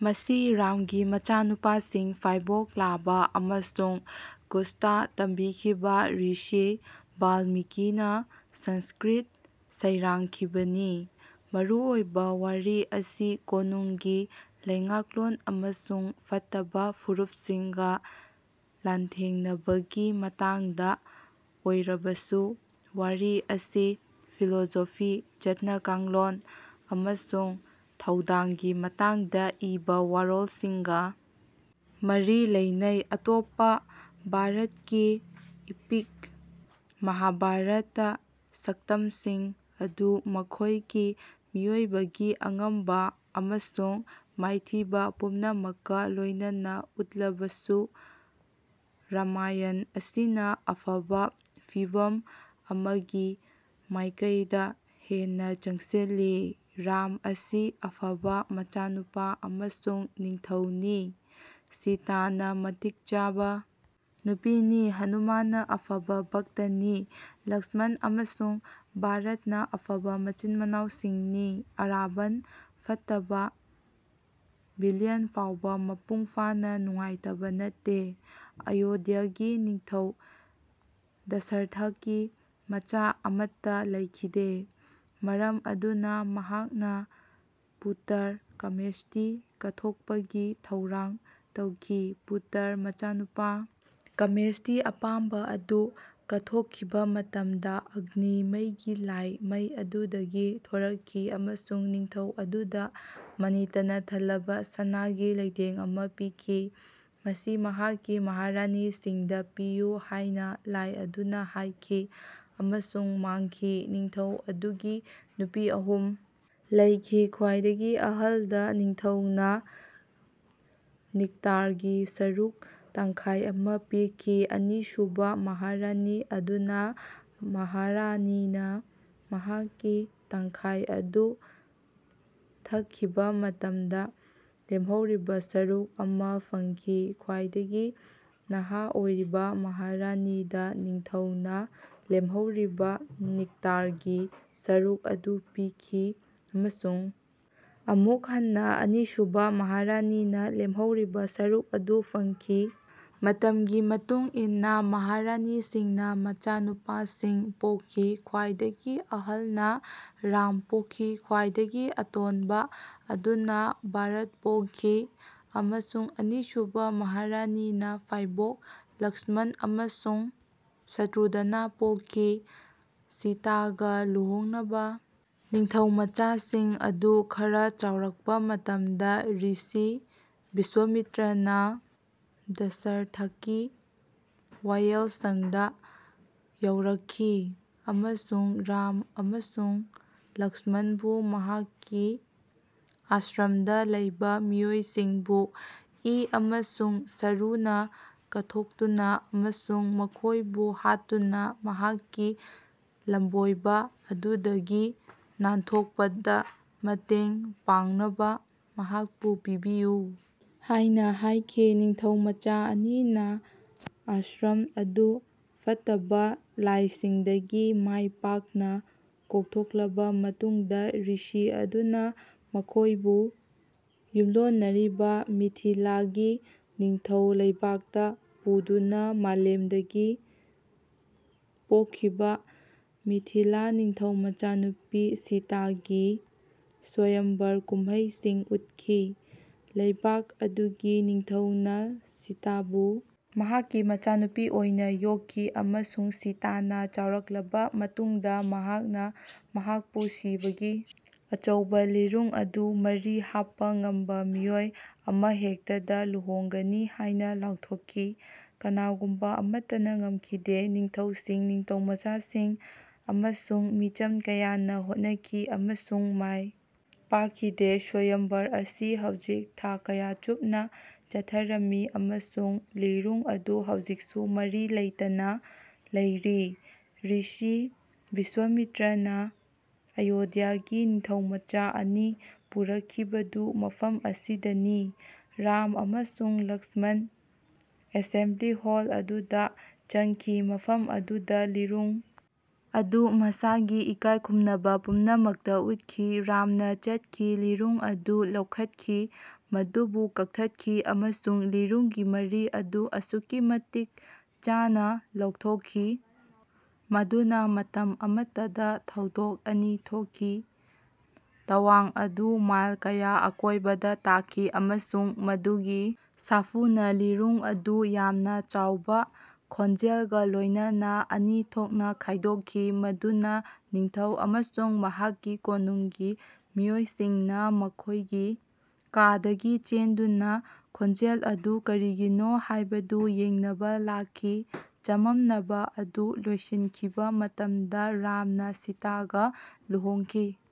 ꯃꯁꯤ ꯔꯥꯝꯒꯤ ꯃꯆꯥꯅꯨꯄꯥꯁꯤꯡ, ꯐꯥꯏꯕꯣꯛ ꯂꯥꯚꯥ ꯑꯃꯁꯨꯡ ꯀꯨꯁꯇ ꯇꯝꯕꯤꯈꯤꯕ ꯔꯤꯁꯤ ꯕꯥꯜꯃꯤꯀꯤꯅ ꯁꯪꯁ꯭ꯀ꯭ꯔꯤꯠꯇ ꯁꯩꯔꯥꯡꯈꯤꯕꯅꯤ꯫ ꯃꯔꯨꯑꯣꯏꯕ ꯋꯥꯔꯤ ꯑꯁꯤ ꯀꯣꯅꯨꯡꯒꯤ ꯂꯩꯉꯥꯛꯂꯣꯟ ꯑꯃꯁꯨꯡ ꯐꯠꯇꯕ ꯐꯨꯔꯨꯞꯁꯤꯡꯒ ꯂꯥꯟꯊꯦꯡꯅꯕꯒꯤ ꯃꯇꯥꯡꯗ ꯑꯣꯏꯔꯕꯁꯨ ꯋꯥꯔꯤ ꯑꯁꯤ ꯐꯤꯂꯣꯁꯣꯐꯤ, ꯆꯠꯅ ꯀꯥꯡꯂꯣꯟ ꯑꯃꯁꯨꯡ ꯊꯧꯗꯥꯡꯒꯤ ꯃꯇꯥꯡꯗ ꯏꯕ ꯋꯥꯔꯣꯜꯁꯤꯡꯒ ꯃꯔꯤ ꯂꯩꯅꯩ꯫ ꯑꯇꯣꯞꯄ ꯚꯥꯔꯠꯀꯤ ꯏꯄꯤꯛ ꯃꯍꯥꯚꯥꯔꯠꯇ ꯁꯛꯇꯝꯁꯤꯡ ꯑꯗꯨ ꯃꯈꯣꯏꯒꯤ ꯃꯤꯑꯣꯏꯕꯒꯤ ꯑꯉꯝꯕ ꯑꯃꯁꯨꯡ ꯃꯥꯏꯊꯤꯕ ꯄꯨꯝꯅꯃꯛꯀ ꯂꯣꯏꯅꯅ ꯎꯠꯂꯕꯁꯨ ꯔꯥꯃꯥꯌꯟ ꯑꯁꯤꯅ ꯑꯐꯕ ꯐꯤꯚꯝ ꯑꯃꯒꯤ ꯃꯥꯏꯀꯩꯗ ꯍꯦꯟꯅ ꯆꯪꯁꯤꯜꯂꯤ꯫ ꯔꯥꯝ ꯑꯁꯤ ꯑꯐꯕ ꯃꯆꯥꯅꯨꯄꯥ ꯑꯃꯁꯨꯡ ꯅꯤꯡꯊꯧꯅꯤ, ꯁꯤꯇꯥꯅ ꯃꯇꯤꯛ ꯆꯥꯕ ꯅꯨꯄꯤꯅꯤ, ꯍꯅꯨꯃꯥꯟꯅ ꯑꯐꯕ ꯚꯛꯇꯅꯤ, ꯂꯛ꯭ꯁꯃꯟ ꯑꯃꯁꯨꯡ ꯚꯥꯔꯠꯅ ꯑꯐꯕ ꯃꯆꯤꯟ-ꯃꯅꯥꯎꯁꯤꯡꯅꯤ꯫ ꯑꯔꯥꯕꯟ, ꯐꯠꯇꯕ ꯚꯤꯂꯤꯌꯟ ꯐꯥꯎꯕ ꯃꯄꯨꯡ ꯐꯥꯅ ꯅꯨꯡꯉꯥꯏꯇꯕ ꯅꯠꯇꯦ꯫ ꯑꯌꯣꯙ꯭ꯌꯥꯒꯤ ꯅꯤꯡꯊꯧ ꯗꯁꯔꯊꯀꯤ ꯃꯆꯥ ꯑꯃꯠꯇ ꯂꯩꯈꯤꯗꯦ꯫ ꯃꯔꯝ ꯑꯗꯨꯅ ꯃꯍꯥꯛꯅ ꯄꯨꯇ꯭ꯔ-ꯀꯃꯦꯁ꯭ꯇꯤ ꯀꯠꯊꯣꯛꯄꯒꯤ ꯊꯧꯔꯥꯡ ꯇꯧꯈꯤ (ꯄꯨꯇ꯭ꯔ ꯃꯆꯥꯅꯨꯄꯥ, ꯀꯃꯦꯁ꯭ꯇꯤ ꯑꯄꯥꯝꯕ ꯑꯗꯨ)꯫ ꯀꯠꯊꯣꯛꯈꯤꯕ ꯃꯇꯝꯗ, ꯑꯒꯅꯤ (ꯃꯩꯒꯤ ꯂꯥꯏ) ꯃꯩ ꯑꯗꯨꯗꯒꯤ ꯊꯣꯔꯛꯈꯤ ꯑꯃꯁꯨꯡ ꯅꯤꯡꯊꯧ ꯑꯗꯨꯗ ꯃꯅꯤꯇꯅ ꯊꯜꯂꯕ ꯁꯅꯥꯒꯤ ꯂꯩꯇꯦꯡ ꯑꯃ ꯄꯤꯈꯤ꯫ "ꯃꯁꯤ ꯅꯍꯥꯛꯀꯤ ꯃꯍꯥꯔꯥꯅꯤꯁꯤꯡꯗ ꯄꯤꯌꯨ"ꯍꯥꯏꯅ ꯂꯥꯏ ꯑꯗꯨꯅ ꯍꯥꯏꯈꯤ ꯑꯃꯁꯨꯡ ꯃꯥꯡꯈꯤ꯫ ꯅꯤꯡꯊꯧ ꯑꯗꯨꯒꯤ ꯅꯨꯄꯤ ꯑꯍꯨꯝ ꯂꯩꯈꯤ꯫ ꯈ꯭ꯋꯥꯏꯗꯒꯤ ꯑꯍꯜꯗ ꯅꯤꯡꯊꯧꯅ ꯅꯤꯛꯇꯥꯔꯒꯤ ꯁꯔꯨꯛ ꯇꯪꯈꯥꯏ ꯑꯃ ꯄꯤꯈꯤ ꯑꯅꯤꯁꯨꯕ ꯃꯍꯥꯔꯥꯅꯤ ꯑꯗꯨꯅ ꯃꯍꯥꯔꯥꯅꯤꯅ ꯃꯍꯥꯛꯀꯤ ꯇꯪꯈꯥꯏ ꯑꯗꯨ ꯊꯛꯈꯤꯕ ꯃꯇꯝꯗ ꯂꯦꯝꯍꯧꯔꯤꯕ ꯁꯔꯨꯛ ꯑꯃ ꯐꯪꯈꯤ꯫ ꯈ꯭ꯋꯥꯏꯗꯒꯤ ꯅꯍꯥ ꯑꯣꯏꯔꯤꯕ ꯃꯍꯥꯔꯥꯅꯤꯗ ꯅꯤꯡꯊꯧꯅ ꯂꯦꯝꯍꯧꯔꯤꯕ ꯅꯤꯛꯇꯥꯔꯒꯤ ꯁꯔꯨꯛ ꯑꯗꯨ ꯄꯤꯈꯤ ꯑꯃꯁꯨꯡ ꯑꯃꯨꯛ ꯍꯟꯅ ꯑꯅꯤꯁꯨꯕ ꯃꯍꯥꯔꯥꯅꯤꯅ ꯂꯦꯝꯍꯧꯔꯤꯕ ꯁꯔꯨꯛ ꯑꯗꯨ ꯐꯪꯈꯤ꯫ ꯃꯇꯝꯒꯤ ꯃꯇꯨꯡ ꯏꯟꯅ ꯃꯍꯥꯔꯥꯅꯤꯁꯤꯡꯅ ꯃꯆꯥꯅꯨꯄꯥꯁꯤꯡ ꯄꯣꯛꯈꯤ꯫ ꯈ꯭ꯋꯥꯏꯗꯒꯤ ꯑꯍꯜꯅ ꯔꯥꯝ ꯄꯣꯛꯈꯤ, ꯈ꯭ꯋꯥꯏꯗꯒꯤ ꯑꯇꯣꯟꯕ ꯑꯗꯨꯅ ꯚꯥꯔꯠ ꯄꯣꯛꯈꯤ, ꯑꯃꯁꯨꯡ ꯑꯅꯤꯁꯨꯕ ꯃꯍꯥꯔꯥꯅꯤꯗ ꯐꯥꯏꯕꯣꯛ ꯂꯛ꯭ꯁꯃꯟ ꯑꯃꯁꯨꯡ ꯁꯇ꯭ꯔꯨꯘꯅ ꯄꯣꯛꯈꯤ꯫ ꯁꯤꯇꯥꯒ ꯂꯨꯍꯣꯡꯅꯕ ꯅꯤꯡꯊꯧꯃꯆꯥꯁꯤꯡ ꯑꯗꯨ ꯈꯔ ꯆꯥꯎꯔꯛꯄ ꯃꯇꯝꯗ ꯔꯤꯁꯤ ꯕꯤꯁ꯭ꯋꯥꯃꯤꯇ꯭ꯔꯅ ꯗꯁꯔꯊꯀꯤ ꯋꯥꯌꯦꯜꯁꯪꯗ ꯌꯧꯔꯛꯈꯤ ꯑꯃꯁꯨꯡ ꯔꯥꯝ ꯑꯃꯁꯨꯡ ꯂꯛ꯭ꯁꯃꯟꯕꯨ ꯃꯍꯥꯛꯀꯤ ꯑꯥꯁ꯭ꯔꯝꯗ ꯂꯩꯕ ꯃꯤꯑꯣꯏꯁꯤꯡꯕꯨ ꯏ ꯑꯃꯁꯨꯡ ꯁꯔꯨꯅ ꯀꯠꯊꯣꯛꯇꯨꯅ ꯑꯃꯁꯨꯡ ꯃꯈꯣꯏꯕꯨ ꯍꯥꯠꯇꯨꯅ ꯃꯍꯥꯛꯀꯤ ꯂꯝꯕꯣꯏꯕ ꯑꯗꯨꯗꯒꯤ ꯅꯥꯟꯊꯣꯛꯄꯗ ꯃꯇꯦꯡ ꯄꯥꯡꯅꯕ ꯃꯍꯥꯛꯄꯨ "ꯄꯤꯕꯤꯌꯨ" ꯍꯥꯏꯅ ꯍꯥꯏꯈꯤ꯫ ꯅꯤꯡꯊꯧꯃꯆꯥ ꯑꯅꯤꯅ ꯑꯥꯁ꯭ꯔꯝ ꯑꯗꯨ ꯐꯠꯇꯕ ꯂꯥꯏꯁꯤꯡꯗꯒꯤ ꯃꯥꯏ ꯄꯥꯛꯅ ꯀꯣꯛꯊꯣꯛꯂꯕ ꯃꯇꯨꯡꯗ ꯔꯤꯁꯤ ꯑꯗꯨꯅ ꯃꯈꯣꯏꯕꯨ ꯌꯨꯝꯂꯣꯟꯅꯔꯤꯕ ꯃꯤꯊꯤꯂꯥꯒꯤ ꯅꯤꯡꯊꯧ ꯂꯩꯕꯥꯛꯇ ꯄꯨꯗꯨꯅ ꯃꯥꯂꯦꯝꯗꯒꯤ ꯄꯣꯛꯈꯤꯕ ꯃꯤꯊꯤꯂꯥ ꯅꯤꯡꯊꯧ ꯃꯆꯥꯅꯨꯄꯤ ꯁꯤꯇꯥꯒꯤ ꯁ꯭ꯋꯥꯌꯝꯚꯔ ꯀꯨꯝꯍꯩꯁꯤꯡ ꯎꯠꯈꯤ꯫ ꯂꯩꯕꯥꯛ ꯑꯗꯨꯒꯤ ꯅꯤꯡꯊꯧꯅ ꯁꯤꯇꯥꯕꯨ ꯃꯍꯥꯛꯀꯤ ꯃꯆꯥꯅꯨꯄꯤ ꯑꯣꯏꯅ ꯌꯣꯛꯈꯤ ꯑꯃꯁꯨꯡ ꯁꯤꯇꯥꯅ ꯆꯥꯎꯔꯛꯂꯕ ꯃꯇꯨꯡꯗ ꯃꯍꯥꯛꯅ ꯃꯍꯥꯛꯄꯨ ꯁꯤꯕꯒꯤ ꯑꯆꯧꯕ ꯂꯤꯔꯨꯡ ꯑꯗꯨ ꯃꯔꯤ ꯍꯥꯞꯄ ꯉꯝꯕ ꯃꯤꯑꯣꯏ ꯑꯃꯍꯦꯛꯇꯗ ꯂꯨꯍꯣꯡꯒꯅꯤ ꯍꯥꯏꯅ ꯂꯥꯎꯊꯣꯛꯈꯤ꯫ ꯀꯅꯥꯒꯨꯝꯕ ꯑꯃꯠꯇꯅ ꯉꯝꯈꯤꯗꯦ꯫ ꯅꯤꯡꯊꯧꯁꯤꯡ, ꯅꯤꯡꯊꯧꯃꯆꯥꯁꯤꯡ ꯑꯃꯁꯨꯡ ꯃꯤꯆꯝ ꯀꯌꯥꯅ ꯍꯣꯠꯅꯈꯤ ꯑꯃꯁꯨꯡ ꯃꯥꯏ ꯄꯥꯛꯈꯤꯗꯦ꯫ ꯁ꯭ꯋꯥꯌꯝꯚꯔ ꯑꯁꯤ ꯍꯧꯖꯤꯛ ꯊꯥ ꯀꯌꯥ ꯆꯨꯞꯅ ꯆꯠꯊꯔꯝꯃꯤ ꯑꯃꯁꯨꯡ ꯂꯤꯔꯨꯡ ꯑꯗꯨ ꯍꯧꯖꯤꯛꯁꯨ ꯃꯔꯤ ꯂꯩꯇꯅ ꯂꯩꯔꯤ꯫ ꯔꯤꯁꯤ ꯕꯤꯁ꯭ꯋꯥꯃꯤꯇ꯭ꯔꯅ ꯑꯌꯣꯙ꯭ꯌꯥꯒꯤ ꯅꯤꯡꯊꯧꯃꯆꯥ ꯑꯅꯤ ꯄꯨꯔꯛꯈꯤꯕꯗꯨ ꯃꯐꯝ ꯑꯁꯤꯗꯅꯤ꯫ ꯔꯥꯝ ꯑꯃꯁꯨꯡ ꯂꯛ꯭ꯁꯃꯟ ꯑꯦꯁꯦꯝꯕ꯭ꯂꯤ ꯍꯣꯜ ꯑꯗꯨꯗ ꯆꯪꯈꯤ ꯃꯐꯝ ꯑꯗꯨꯗ ꯂꯤꯔꯨꯡ ꯑꯗꯨ ꯃꯁꯥꯒꯤ ꯏꯀꯥꯏꯈꯨꯝꯅꯕ ꯄꯨꯝꯅꯃꯛꯇ ꯎꯠꯈꯤ꯫ ꯔꯥꯝꯅ ꯆꯠꯈꯤ, ꯂꯤꯔꯨꯡ ꯑꯗꯨ ꯂꯧꯈꯠꯈꯤ, ꯃꯗꯨꯕꯨ ꯀꯛꯊꯠꯈꯤ, ꯑꯃꯁꯨꯡ ꯂꯤꯔꯨꯡꯒꯤ ꯃꯔꯤ ꯑꯗꯨ ꯑꯁꯨꯛꯀꯤ ꯃꯇꯤꯛ ꯆꯥꯅ ꯂꯧꯊꯣꯛꯈꯤ ꯃꯗꯨꯅ ꯃꯇꯝ ꯑꯃꯇꯗ ꯊꯧꯗꯣꯛ ꯑꯅꯤ ꯊꯣꯛꯈꯤ꯫ꯇꯋꯥꯡ ꯑꯗꯨ ꯃꯥꯏꯜ ꯀꯌꯥ ꯑꯀꯣꯏꯕꯗ ꯇꯥꯈꯤ, ꯑꯃꯁꯨꯡ ꯃꯗꯨꯒꯤ ꯁꯥꯐꯨꯅ ꯂꯤꯔꯨꯡ ꯑꯗꯨ ꯌꯥꯝꯅ ꯆꯥꯎꯕ ꯈꯣꯟꯖꯦꯜꯒ ꯂꯣꯏꯅꯅ ꯑꯅꯤ ꯊꯣꯛꯅ ꯈꯥꯏꯗꯣꯛꯈꯤ ꯃꯗꯨꯅ ꯅꯤꯡꯊꯧ ꯑꯃꯁꯨꯡ ꯃꯍꯥꯛꯀꯤ ꯀꯣꯅꯨꯡꯒꯤ ꯃꯤꯑꯣꯏꯁꯤꯡꯅ ꯃꯈꯣꯏꯒꯤ ꯀꯥꯗꯒꯤ ꯆꯦꯟꯗꯨꯅ ꯈꯣꯡꯖꯦꯜ ꯑꯗꯨ ꯀꯔꯤꯒꯤꯅꯣ ꯍꯥꯏꯕꯗꯨ ꯌꯦꯡꯅꯕ ꯂꯥꯛꯈꯤ꯫ ꯆꯃꯝꯅꯕ ꯑꯗꯨ ꯂꯣꯏꯁꯤꯟꯈꯤꯕ ꯃꯇꯝꯗ ꯔꯥꯝꯅ ꯁꯤꯇꯥꯒ ꯂꯨꯍꯣꯡꯈꯤ꯫